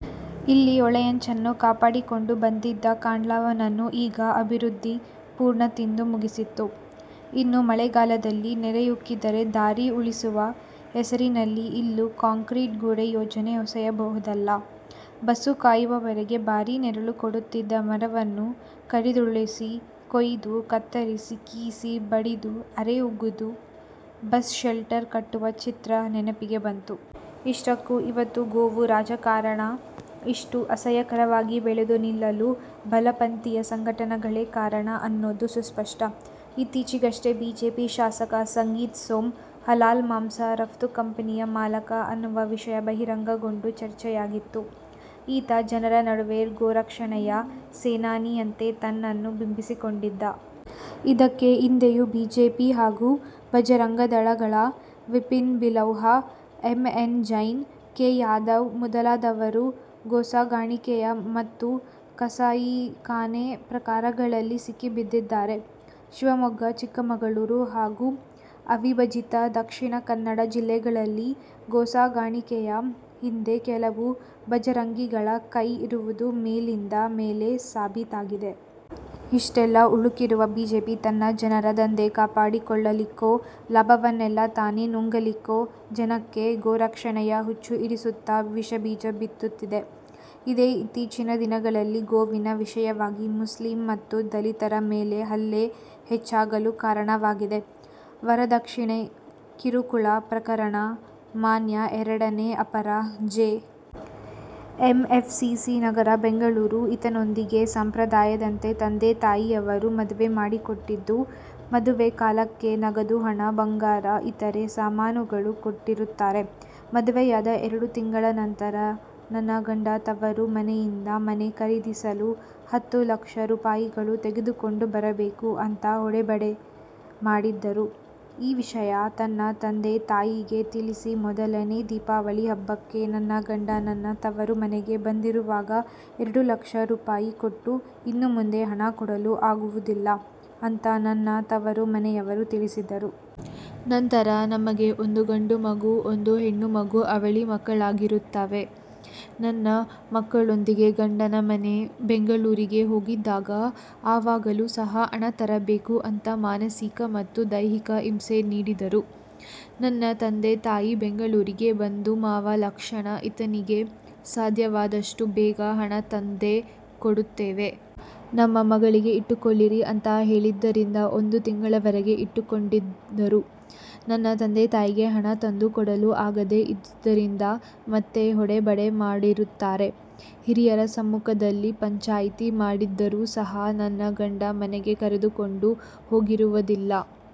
ಇಲ್ಲಿ ಹೊಳೆಯಂಚನ್ನು ಕಾಪಾಡಿಕೊಂಡು ಬಂದಿದ್ದ ಕಾಂಡ್ಲಾವನನ್ನು ಈಗ 'ಅಭಿವೃದ್ಧಿ' ಪೂರ್ಣ ತಿಂದು ಮುಗಿಸಿತ್ತು. ಇನ್ನು ಮಳೆಗಾಲದಲ್ಲಿ ನೆರೆಯುಕ್ಕಿದರೆ 'ದಾರಿ ಉಳಿಸುವ' ಹೆಸರಿನಲ್ಲಿ ಇಲ್ಲೂ ಕಾಂಕ್ರೀಟ್ ಗೋಡೆ ಯೋಜನೆ ಹೊಸೆಯಬಹುದಲ್ಲ. ಬಸ್ಸು ಕಾಯುವವರಿಗೆ ಭಾರೀ ನೆರಳು ಕೊಡುತ್ತಿದ್ದ ಮರವನ್ನು ಕಡಿದುರುಳಿಸಿ, ಕೊಯ್ದು, ಕತ್ತರಿಸಿ, ಕೀಸಿ, ಬಡಿದು, ಅರೆ ಹುಗಿದು 'ಬಸ್ ಶೆಲ್ಟರ್' ಕಟ್ಟುವ ಚಿತ್ರ ನೆನಪಿಗೆ ಬಂತು. ಇಷ್ಟಕ್ಕೂ ಇವತ್ತು ಗೋವು ರಾಜಕಾರಣ ಇಷ್ಟು ಅಸಹ್ಯಕರವಾಗಿ ಬೆಳೆದು ನಿಲ್ಲಲು ಬಲಪಂಥೀಯ ಸಂಘಟನೆಗಳೇ ಕಾರಣ ಅನ್ನೋದು ಸುಸ್ಪಷ್ಟ. ಇತ್ತೀಚೆಗಷ್ಟೆ ಬಿಜೆಪಿ ಶಾಸಕ ಸಂಗೀತ್ ಸೋಮ್, ಹಲಾಲ್ ಮಾಂಸ ರಫ್ತು ಕಂಪನಿಯ ಮಾಲಕ ಅನ್ನುವ ವಿಷಯ ಬಹಿರಂಗಗೊಂಡು ಚರ್ಚೆಯಾಗಿತ್ತು. ಈತ ಜನರ ನಡುವೆ ಗೋರಕ್ಷಣೆಯ ಸೇನಾನಿಯಂತೆ ತನ್ನನ್ನು ಬಿಂಬಿಸಿಕೊಂಡಿದ್ದ! ಇದಕ್ಕೆ ಹಿಂದೆಯೂ ಬಿಜೆಪಿ ಹಾಗೂ ಭಜರಂಗದಳಗಳ Vipin Bilauha, M N Jain, K. Yadav ಮೊದಲಾದವರು ಗೋಸಾಗಾಣಿಕೆ ಮತ್ತು ಕಸಾಯಿಖಾನೆ ಪ್ರಕರಣಗಳಲ್ಲಿ ಸಿಕ್ಕಿಬಿದ್ದಿದ್ದಾರೆ. ಶಿವಮೊಗ್ಗ, ಚಿಕ್ಕಮಗಳೂರು ಹಾಗೂ ಅವಿಭಜಿತ ದಕ್ಷಿಣ ಕನ್ನಡ ಜಿಲ್ಲೆಗಳಲ್ಲಿ ಗೋಸಾಗಾಣಿಕೆಯ ಹಿಂದೆ ಕೆಲವು ಭಜರಂಗಿಗಳ ಕೈ ಇರುವುದು ಮೇಲಿಂದ ಮೇಲೆ ಸಾಬೀತಾಗಿದೆ. ಇಷ್ಟೆಲ್ಲ ಹುಳುಕಿರುವ ಬಿಜೆಪಿ, ತನ್ನ ಜನರ ಧಂಧೆ ಕಾಪಾಡಿಕೊಳ್ಳಲಿಕ್ಕೋ ಲಾಭವನ್ನೆಲ್ಲ ತಾನೇ ನುಂಗಲಿಕ್ಕೋ, ಜನಕ್ಕೆ 'ಗೋರಕ್ಷಣೆಯ' ಹುಚ್ಚು ಹಿಡಿಸುತ್ತಾ ವಿಷಬೀಜ ಬಿತ್ತುತ್ತಿದೆ. ಇದೇ ಇತ್ತೀಚಿನ ದಿನಗಳಲ್ಲಿ ಗೋವಿನ ವಿಷಯವಾಗಿ ಮುಸ್ಲಿಮ್ ಮತ್ತು ದಲಿತರ ಮೇಲೆ ಹಲ್ಲೆ ಹೆಚ್ಚಾಗಲು ಕಾರಣವಾಗಿದೆ. ವರದಕ್ಷಿಣೆ ಕಿರುಕುಳ ಪ್ರಕರಣ:ಮಾನ್ಯ ಎರಡನೇ ಅಪರ J. M. F. C. C. ನಗರ ಬೆಂಗಳೂರು ಇತನೊಂದಿಗೆ ಸಂಪ್ರದಾಯದಂತೆ ತಂದೆ ತಾಯಿಯವರು ಮದುವೆ ಮಾಡಿಕೊಟ್ಟಿದ್ದು, ಮದುವೆ ಕಾಲಕ್ಕೆ ನಗದು ಹಣ ಬಂಗಾರ ಇತರೆ ಸಾಮಾನುಗಳು ಕೊಟ್ಟಿರುತ್ತಾರೆ. ಮದುವೆಯಾದ ಎರಡು ತಿಂಗಳ ನಂತರ ನನ್ನ ಗಂಡ ತವರು ಮನೆಯಿಂದ ಮನೆ ಖರೀದಿಸಲು ಹತ್ತು ಲಕ್ಷ ರೂಪಾಯಿಗಳು ತೆಗೆದುಕೊಂಡು ಬರಬೇಕು ಅಂತಾ ಹೊಡೆಬಡೆ ಮಾಡಿದ್ದರು, ಈ ವಿಷಯ ತನ್ನ ತಂದೆ ತಾಯಿಗೆ ತಿಳಿಸಿ, ಮೊದಲನೇ ದೀಪಾವಳಿ ಹಬ್ಬಕ್ಕೆ ನನ್ನ ಗಂಡ ನನ್ನ ತವರು ಮನೆಗೆ ಬಂದಿರುವಾಗ ಎರಡು ಲಕ್ಷ ರೂಪಾಯಿ ಕೊಟ್ಟು, ಇನ್ನೂ ಮುಂದೆ ಹಣ ಕೊಡಲು ಆಗುವದಿಲ್ಲ ಅಂತಾ ನನ್ನ ತವರು ಮನೆಯವರು ತಿಳಿಸಿದ್ದರು. ನಂತರ ನಮಗೆ ಒಂದು ಗಂಡು ಮಗು ಒಂದು ಹೆಣ್ಣು ಮಗು ಅವಳಿ ಮಕ್ಕಳಾಗಿರುತ್ತವೆ. ನನ್ನ ಮಕ್ಕಳೊಂದಿಗೆ ಗಂಡನ ಮನೆ ಬೆಂಗಳೂರಿಗೆ ಹೋಗಿದ್ದಾಗ ಆವಾಗಲೂ ಸಹ ಹಣ ತರಬೇಕು ಅಂತಾ ಮಾನಸಿಕ ಮತ್ತು ದೈಹಿಕ ಹಿಂಸೆ ನೀಡಿದರೂ. ನನ್ನ ತಂದೆ ತಾಯಿ ಬೆಂಗಳೂರಿಗೆ ಬಂದು ಮಾವ ಲಕ್ಷಣ ಇತನಿಗೆ ಸಾದ್ಯವಾದಷ್ಟು ಬೇಗ ಹಣ ತಂದೆ ಕೊಡುತ್ತೇವೆ. ನಮ್ಮ ಮಗಳಿಗೆ ಇಟ್ಟುಕೊಳ್ಳಿರಿ ಅಂತಾ ಹೇಳಿದ್ದರಿಂದ ಒಂದು ತಿಂಗಳವರೆಗೆ ಇಟ್ಟುಕೊಂಡಿದ್ದರು. ನನ್ನ ತಂದೆ ತಾಯಿಗೆ ಹಣ ತಂದು ಕೊಡಲು ಆಗದೇ ಇದ್ದುದರಿಂದ, ಮತ್ತೆ ಹೊಡೆ ಬಡೆ ಮಾಡಿರುತ್ತಾರೆ. ಹಿರಿಯರ ಸಮ್ಮುಖದಲ್ಲಿ ಪಂಚಾಯಿತಿ ಮಾಡಿದ್ದರು ಸಹ ನನ್ನ ಗಂಡ ಮನೆಗೆ ಕರೆದುಕೊಂಡು ಹೋಗಿರುವದಿಲ್ಲ.